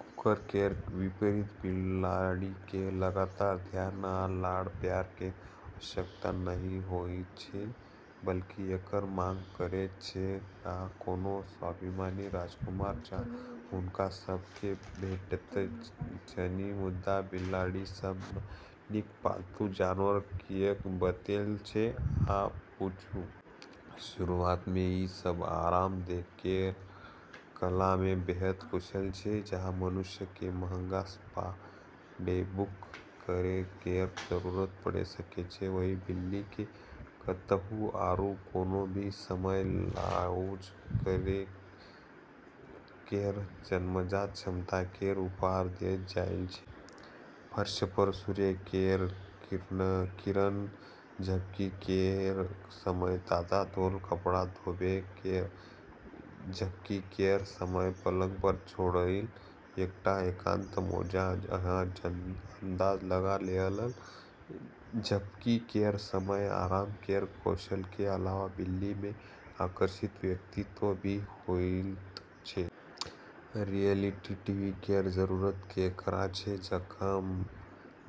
कुकुर केर विपरीत बिलाड़ि केँ लगातार ध्यान आ लाड़-प्यार केर आवश्यकता नहि होइत छै। बल्कि एकर मांग करैत छथि। आ, कोनो स्वाभिमानी राजकुमार जकाँ, हुनका सभ केँ भेटैत छनि। मुदा बिलाड़ि सब सँ नीक पालतू जानवर किएक बनैत अछि, अहाँ पूछू? शुरुआत मे ई सब आराम केर कला मे बेहद कुशल छैथ। जहाँ मनुष्य केँ महंगा स्पा डे बुक करै केर जरूरत पड़ि सकैत छै, वहीं बिल्ली केँ कतहु आरू कोनो भी समय लाउंज करै केर जन्मजात क्षमता केर उपहार देल जाइत छै। फर्श पर सूर्य केर किरण? झपकी केर समय। ताजा धोल कपड़ा धोबै केर? झपकी केर समय। पलंग पर छोड़ल एकटा एकांत मोजा? अहाँ अंदाज लगा लेलह। झपकी केर समय। आराम केर कौशल के अलावा बिल्ली मे आकर्षक व्यक्तित्व भी होइत छै। रियलिटी टीवी केर जरूरत केकरा छै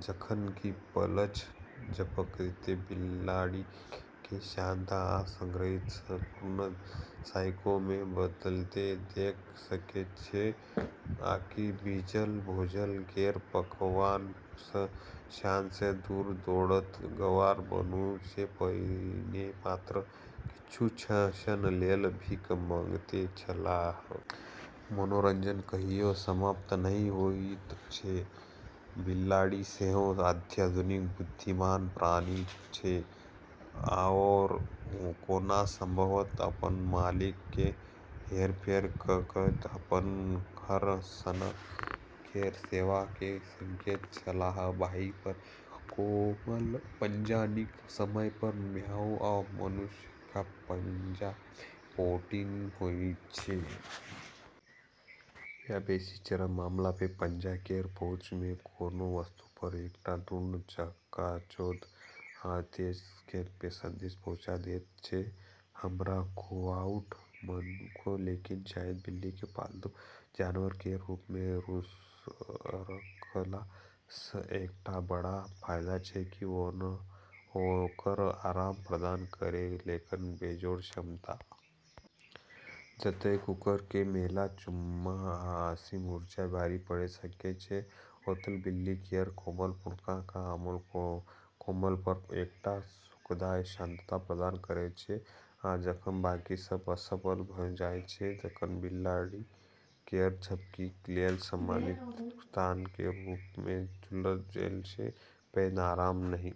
जखन कि पलक झपकैत बिलाड़ि केँ शांत आ संग्रहित सँ पूर्ण साइको मे बदलैत देख सकैत छी। आकि भीजल भोजन केर पकवान सँ शान सँ दूर दौड़ैत गवाह बनू जे पहिने मात्र किछु क्षण लेल भीख मँगने छलाह? मनोरंजन कहियो समाप्त नहि होइत अछि। बिलाड़ि सेहो अत्यधिक बुद्धिमान प्राणी अछि। आओर कोना संभवतः अपन मालिक केँ हेरफेर कऽ कऽ अपन हर सनक केर सेवा कऽ सकैत छलाह। बाँहि पर कोमल पंजा, नीक समय पर म्याऊ, आ मनुक्ख पंजा मे पोटीन होइत अछि। या, बेसी चरम मामला मे, पंजा केर पहुंच मे कोनो वस्तु पर एकटा दृढ़ चकाचौंध आ तेज स्मैक सँ संदेश पहुँचा दैत अछि हमरा खुआउ, मनुक्ख। लेकिन शायद बिल्ली केँ पालतू जानवर केर रूप मे रखला सँ एकटा बड़ फायदा छै कि ओकर आराम प्रदान करै केर बेजोड़ क्षमता। जतय कुकुर केर मैला चुम्मा आ असीम ऊर्जा भारी पड़ि सकैत अछि, ओतय बिल्ली केर कोमल पुरनका आ कोमल फर एकटा सुखदायक शांतता प्रदान करैत अछि। आ जखन बाकी सब असफल भऽ जाइत छैक तखन बिलाड़ि केर झपकी लेल सम्मानित स्थान केर रूप मे चुनल जेबा सँ पैघ आराम नहि।